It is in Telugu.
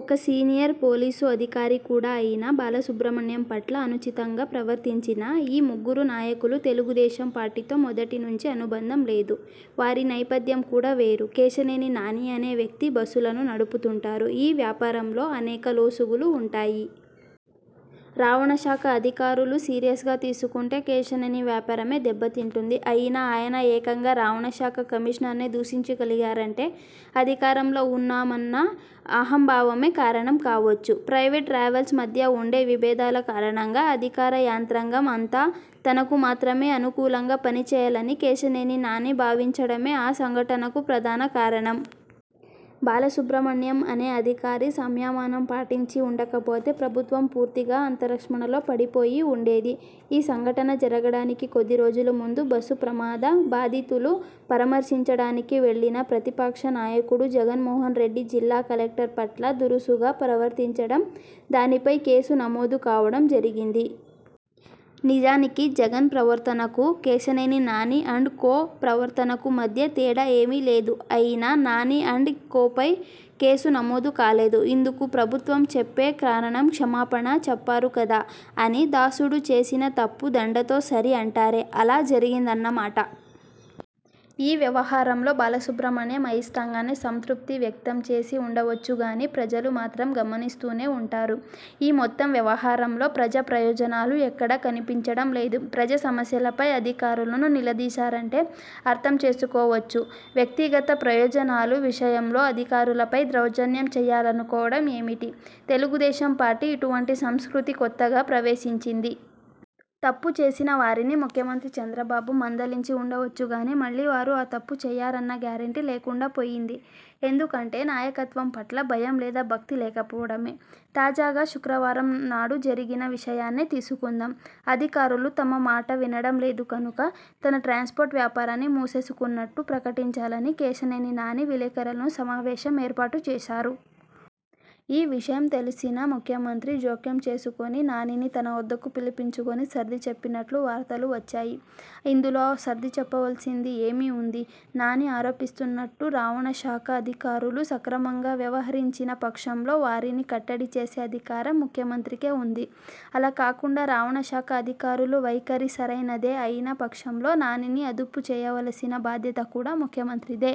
ఒక సీనియర్ పోలీసు అధికారి కూడా అయిన బాలసుబ్రహ్మణ్యం పట్ల అనుచితంగా ప్రవర్తించిన ఈ ముగ్గురు నాయకులకు తెలుగుదేశం పార్టీతో మొదటి నుంచి అనుబంధం లేదు. వారి నైపథ్యం కూడా వేరు! కేశినేని నాని అనే వ్యక్తి బస్సులను నడుపుతుంటారు. ఈ వ్యాపారంలో అనేక లొసుగులు ఉంటాయి. రవాణా శాఖ అధికారులు సీరియస్గా తీసుకుంటే కేశినేని వ్యాపారమే దెబ్బతింటుంది. అయినా, ఆయన ఏకంగా రవాణాశాఖ కమిషనర్నే దూషించగలిగారంటే, అధికారంలో ఉన్నామన్న అహంభావమే కారణం కావచ్చు. ప్రైవేటు ట్రావెల్స్ మధ్య ఉండే విభేదాల కారణంగా అధికార యంత్రాంగం అంతా తనకు మాత్రమే అనుకూలంగా పనిచేయాలని కేశినేని నాని భావించడమే ఆ సంఘటనకు ప్రధాన కారణం. బాలసుబ్రహ్మణ్యం అనే అధికారి సంయమనం పాటించి ఉండకపోతే ప్రభుత్వం పూర్తిగా ఆత్మరక్షణలో పడిపోయి ఉండేది. ఈ సంఘటన జరగడానికి కొద్దిరోజుల ముందు బస్సు ప్రమాద బాధితులు పరామర్శించడానికి వెళ్లిన ప్రతిపక్ష నాయకుడు జగన్మోహన్ రెడ్డి జిల్లా కలెక్టర్ పట్ల దురుసుగా ప్రవర్తించడం, దానిపై కేసు నమోదు కావడం జరిగింది. నిజానికి జగన్ ప్రవర్తనకు, కేశినేని నాని అండ్ కో ప్రవర్తనకు మధ్య తేడా ఏమీ లేదు. అయినా నాని అండ్ కోపై కేసు నమోదు కాలేదు. ఇందుకు ప్రభుత్వం చెప్పే కారణం 'క్షమాపణ చెప్పారు కదా! ' అని! దాసుడు చేసిన తప్పు దండతో సరి అంటారే, అలా జరిగిందన్నమాట! ఈ వ్యవహారంలో బాలసుబ్రహ్మణ్యం అయిష్టంగానే సంతృప్తిని వ్యక్తంచేసి ఉండవచ్చుగానీ ప్రజలు మాత్రం గమనిస్తూనే ఉన్నారు. ఈ మొత్తం వ్యవహారంలో ప్రజాప్రయోజనాలు ఎక్కడా కనిపించడం లేదు. ప్రజాసమస్యలపై అధికారులను నిలదీశారంటే అర్థంచేసుకోవచ్చు. వ్యక్తిగత ప్రయోజనాల విషయంలో అధికారులపై దౌర్జన్యం చేయాలనుకోవడం ఏమిటి? తెలుగుదేశం పార్టీలో ఇటువంటి సంస్కృతి కొత్తగా ప్రవేశించింది. తప్పు చేసిన వారిని ముఖ్యమంత్రి చంద్రబాబు మందలించి ఉండవచ్చుగానీ మళ్లీ వారు ఆ తప్పు చేయరన్న గ్యారంటీ లేకుండా పోయింది. ఎందుకంటే నాయకత్వం పట్ల భయం లేదా భక్తి లేకపోవడమే! తాజాగా శుక్రవారం నాడు జరిగిన విషయాన్నే తీసుకుందాం. అధికారులు తన మాట వినడం లేదు కనుక తన ట్రాన్స్పోర్ట్ వ్యాపారాన్ని మూసేసుకుంటున్నట్టు ప్రకటించాలని కేశినేని నాని విలేకరుల సమావేశం ఏర్పాటు చేశారు. ఈ విషయం తెలిసిన ముఖ్యమంత్రి జోక్యం చేసుకుని నానిని తన వద్దకు పిలిపించుకుని సర్దిచెప్పినట్టు వార్తలు వచ్చాయి. ఇందులో సర్దిచెప్పవలసింది ఏమి ఉంది? నాని ఆరోపిస్తున్నట్టు రవాణా శాఖ అధికారులు సక్రమంగా వ్యవహరించని పక్షంలో వారిని కట్టడిచేసే అధికారం ముఖ్యమంత్రికే ఉంటుంది. అలా కాకుండా రవాణా శాఖ అధికారుల వైఖరి సరైనదే అయిన పక్షంలో నానిని అదుపు చేయవలసిన బాధ్యత కూడా ముఖ్యమంత్రిదే!